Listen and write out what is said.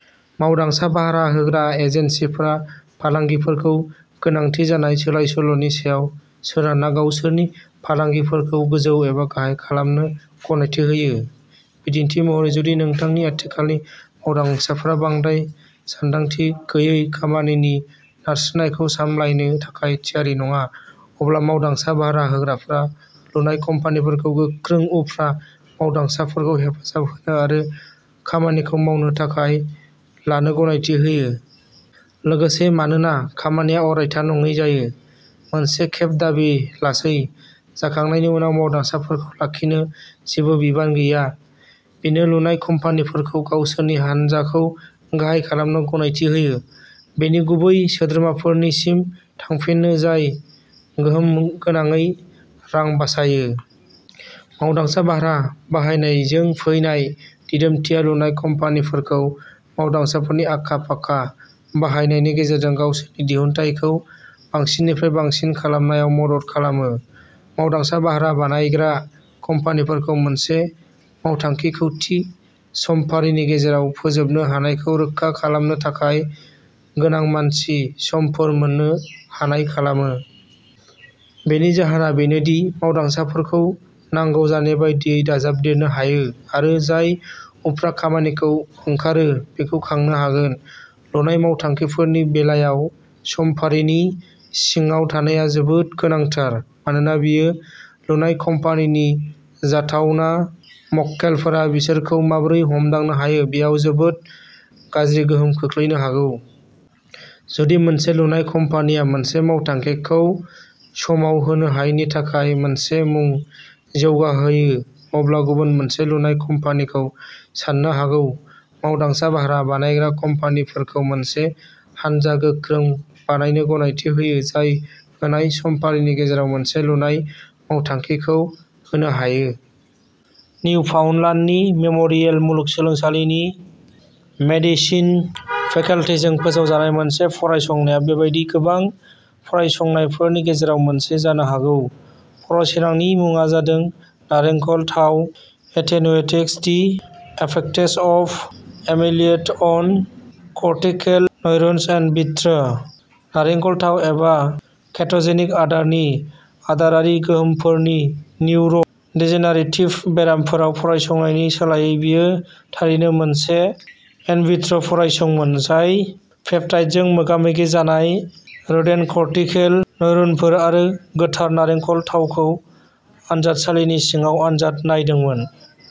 मावदांसा भारा होग्रा एजेन्सिफोरा फालांगिफोरखौ गोनांथि जानाय सोलाय-सोल'नि सायाव सोनारना गावसोरनि फालांगिफोरखौ गोजौ एबा गाहाय खालामनो गनायथि होयो। बिदिन्थि महरै, जुदि नोंथांनि आथिखालनि मावदांसाफोरा बांद्राय सानदांथि गैयै खामानिनि नारसिननायखौ सामलायनो थाखाय थियारि नङा, अब्ला मावदांसा भारा होग्राफोरा लुनाय कम्पानिफोरखौ गोख्रै उफ्रा मावदांसाफोरखौ हेफाजाब होनो आरो खामानिखौ मावनो थाखाय लानो गनायथि होयो। लोगोसे, मानोना खामानिया अरायथा नङै जायो, मोनसे खेब दाबि लासै जाखांनायनि उनाव मावदांसाफोरखौ लाखिनो जेबो बिबान गैया। बेयो लुनाय कम्पानिफोरखौ गावसोरनि हानजाखौ गाहाय खालामनो गनायथि होयो, बेनि गुबै सोद्रोमाफोरसिम थांफिनो, जाय गोहोमगोनाङै रां बासायो। मावदांसा भारा बाहायनायजों फैनाय दिदोमथिया लुनाय कम्पानिफोरखौ मावदांसाफोरनि आखा-फाखा बाहायनायनि गेजेरजों गावसोरनि दिहुनथायखौ बांसिननिफ्राय बांसिन खालामनायाव मदद खालामो। मावदांसा भारा बानायग्रा कम्पानिफोरखौ मोनसे मावथांखिखौ थि समफारिनि गेजेराव फोजोबनो हानायखौ रोखा खालामनो थाखाय गोनां मानसि समफोर मोन्नो हानाय खालामो। बेनि जाहोना बेनो दि मावदांसाफोरखौ नांगौ जानाय बायदियै दाजाबदेरनो हायो आरो जाय उफ्रा खामानिखौ ओंखारो बेखौ खांनो हागोन। लुनाय मावथांखिफोरनि बेलायाव समफारिनि सिङाव थानाया जोबोद गोनांथार, मानोना बेयो लुनाय कम्पानिनि जाथावना मक्केलफोरा बिसोरखौ माबोरै हमदांनो हायो बेयाव जोबोद गाज्रि गोहोम खोख्लैनो हागौ। जुदि मोनसे लुनाय कम्पानिआ मोनसे मावथांखिखौ समाव होनो हायैनि थाखाय मोनसे मुं जौगाहोयो, अब्ला गुबुन मोनसे लुनाय कम्पानिखौ सान्नो हागौ। मावदांसा भारा बानायग्रा कम्पानिफोरखौ मोनसे हानजा गोख्रै बानायनो गनायथि होयो जाय होनाय समफारिनि गेजेराव मोनसे लुनाय मावथांखिखौ होनो हायो। निउफाउन्डलान्दनि मेम'रियेल मुलुगसोलोंसालिनि मेडिसिन फेकल्टीजों फोसावजानाय मोनसे फरायसंनाया बेबादि गोबां फरायसंनायफोरनि गेजेराव मोनसे जानो हागौ। फरायसंनायनि मुङा जादों "नारेंखल थाव attenuates the effects of amyloid on cortical neurons in vitro'". नारेंखल थाव, एबा केट'जेनिक आदारनि आदारारि गोहोमफोरखौ निउर'- डिजेनारेटिभ बेरामफोराव फरायसंनायनि सोलायै, बेयो थारैनो मोनसे इनविट्र'फरायसंमोन जाय " पेप्टाइडजों मोगा-मोगि जानाय रोडेन्ट कर्टिकेल न्युरनफोर" आरो गोथार नारेंखल थावखौ आनजादसालिनि सिङाव आनजाद नायदोंमोन।